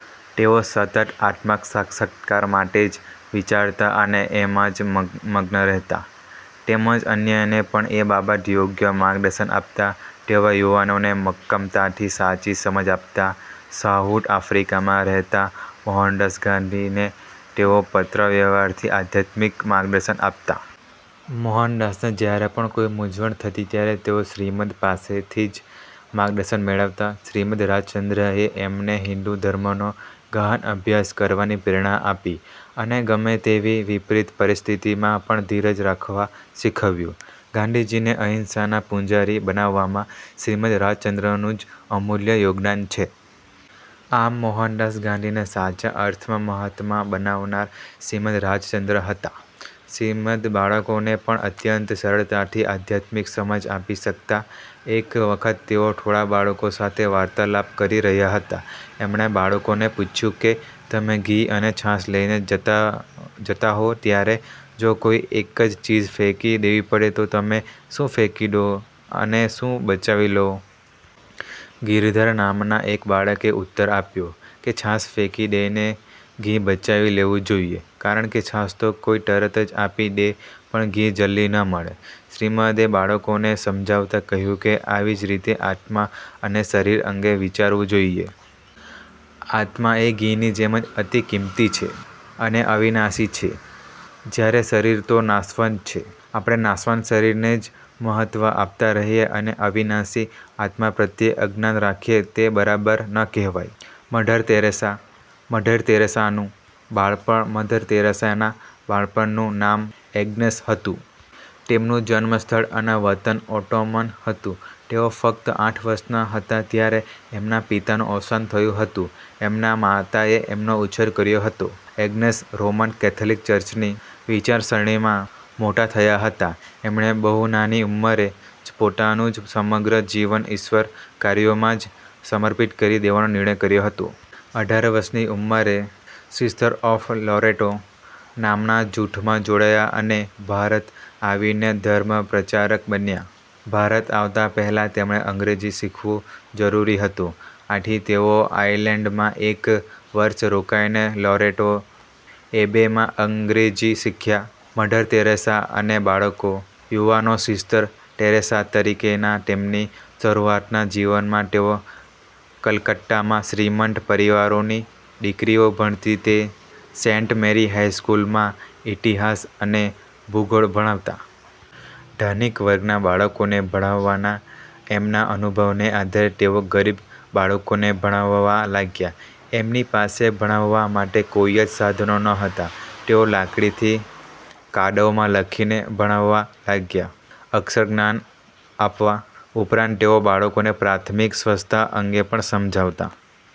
તેઓ સતત આત્મસાક્ષાત્કાર માટે જ વિચારતા અને એમાં જ મગ્ન રહેતા. તેમજ અન્યને પણ એ બાબતે યોગ્ય માર્ગદર્શન આપતા. તેઓ યુવાનોને મક્કમતાથી સાચી સમજ આપતા. સાઉથ આફ્રિકામાં રહેતા મોહનદાસ ગાંધીને તેઓ પત્ર વ્યવહારથી આધ્યાત્મિક માર્ગદર્શન આપતા. મોહનદાસને જયારે પણ કોઈ મૂંઝવણ થતી ત્યારે તેઓ શ્રીમદ્ પાસેથી જ માર્ગદર્શન મેળવતા. શ્રીમદ્ રાજચંદ્રએ એમને હિન્દુ ધર્મનો ગહન અભ્યાસ કરવાની પ્રેરણા આપી અને ગમે તેવી વિપરીત પરિસ્થિતિમાં પણ ધીરજ રાખવા શીખવ્યું. ગાંધીજીને અહિંસાના પૂજારી બનાવવામાં શ્રીમદ્ રાજચંદ્રનું જ અમૂલ્ય યોગદાન છે. આમ, મોહનદાસ ગાંધીને સાચા અર્થમાં મહાત્મા બનાવનાર શ્રીમદ્ રાજચંદ્ર હતા! શ્રીમદ્ બાળકોને પણ અત્યંત સરળતાથી આધ્યાત્મિક સમજ આપી શકતા. એક વખત તેઓ થોડા બાળકો સાથે વાર્તાલાપ કરી રહ્યા હતા. એમણે બાળકોને પૂછ્યું કે તમે ઘી અને છાશ લઈને જતા હો ત્યારે જો કોઈ એક ચીજ ફેંકી દેવી પડે તો તમે શું ફેંકી દો અને શું બચાવી લો? ગિરધર નામના એક બાળકે ઉત્તર આપ્યો કે છાશ ફેંકી દઈને ઘી બચાવી લેવું જોઈએ કારણકે છાશ તો કોઈ તરત જ આપી દે પણ ઘી જલ્દી ન મળે. શ્રીમદ્એ બાળકોને સમજાવતાં કહ્યું કે આવી જ રીતે આત્મા અને શરીર અંગે વિચારવું જોઈએ. આત્મા એ ઘીની જેમ અતિ કિંમતી છે અને અવિનાશી છે. જયારે શરીર તો નાશવંત છે. આપણે નાશવંત શરીરને જ મહત્વ આપતાં રહીએ અને અવિનાશી આત્મા પ્રત્યે અજ્ઞાન રાખીએ તે બરાબર ન કહેવાય. મધર ટેરેસા મધર ટેરેસા નું બાળપણ મધર ટેરેસાના બાળપણનું નામ એગ્નેસ હતું. તેમનું જન્મ સ્થળ અને વતન ઓટોમન હતું. તેઓ ફક્ત આઠ વર્ષના હતા ત્યારે એમના પિતાનું અવસાન થયું હતું. એમના માતાએ એમનો ઉછેર કર્યો હતો. એગ્નેસ રોમન કેથલિક ચર્ચની વિચારસરણીમાં મોટા થયા હતા. એમણે બહુ નાની ઉંમરે જ પોતાનું સમગ્ર જીવન ઈશ્વર કાર્યોમાં જ સમર્પિત કરી દેવાનો નિર્ણય કર્યો હતો. અઢાર વર્ષની ઉંમરે "સિસ્ટર્સ ઓફ લોરેટો" નામના જૂથમાં જોડાયા અને ભારત આવીને ધર્મપ્રચારક બન્યા. ભારત આવતાં પહેલાં તેમણે અંગ્રેજી શીખવું જરૂરી હતું. આથી તેઓ આયર્લેન્ડમાં એક વર્ષ રોકાઈને "લોરેટો એબે"માં અંગ્રેજી શીખ્યાં. મધર ટેરેસા અને બાળકો / યુવાનો સિસ્ટર ટેરેસા તરીકેના તેમની શરૂઆતના જીવનમાં તેઓ કલકત્તામાં શ્રીમંત પરિવારોની દીકરીઓ ભણતી તે સેન્ટ મેરી હાઈ સ્કૂલમાં ઇતિહાસ અને ભૂગોળ ભણાવતા. ધનિક વર્ગના બાળકોને ભણાવવાના એમના અનુભવને આધારે તેઓ ગરીબ બાળકોને ભણાવવા લાગ્યા. એમની પાસે ભણાવવા માટે કોઈ જ સાધનો નહોતા. તેઓ લાકડીથી કાદવમાં લખીને ભણાવવા લાગ્યા. અક્ષરજ્ઞાન આપવા ઉપરાંત તેઓ બાળકોને પ્રાથમિક સ્વચ્છતા અંગે પણ સમજાવતા.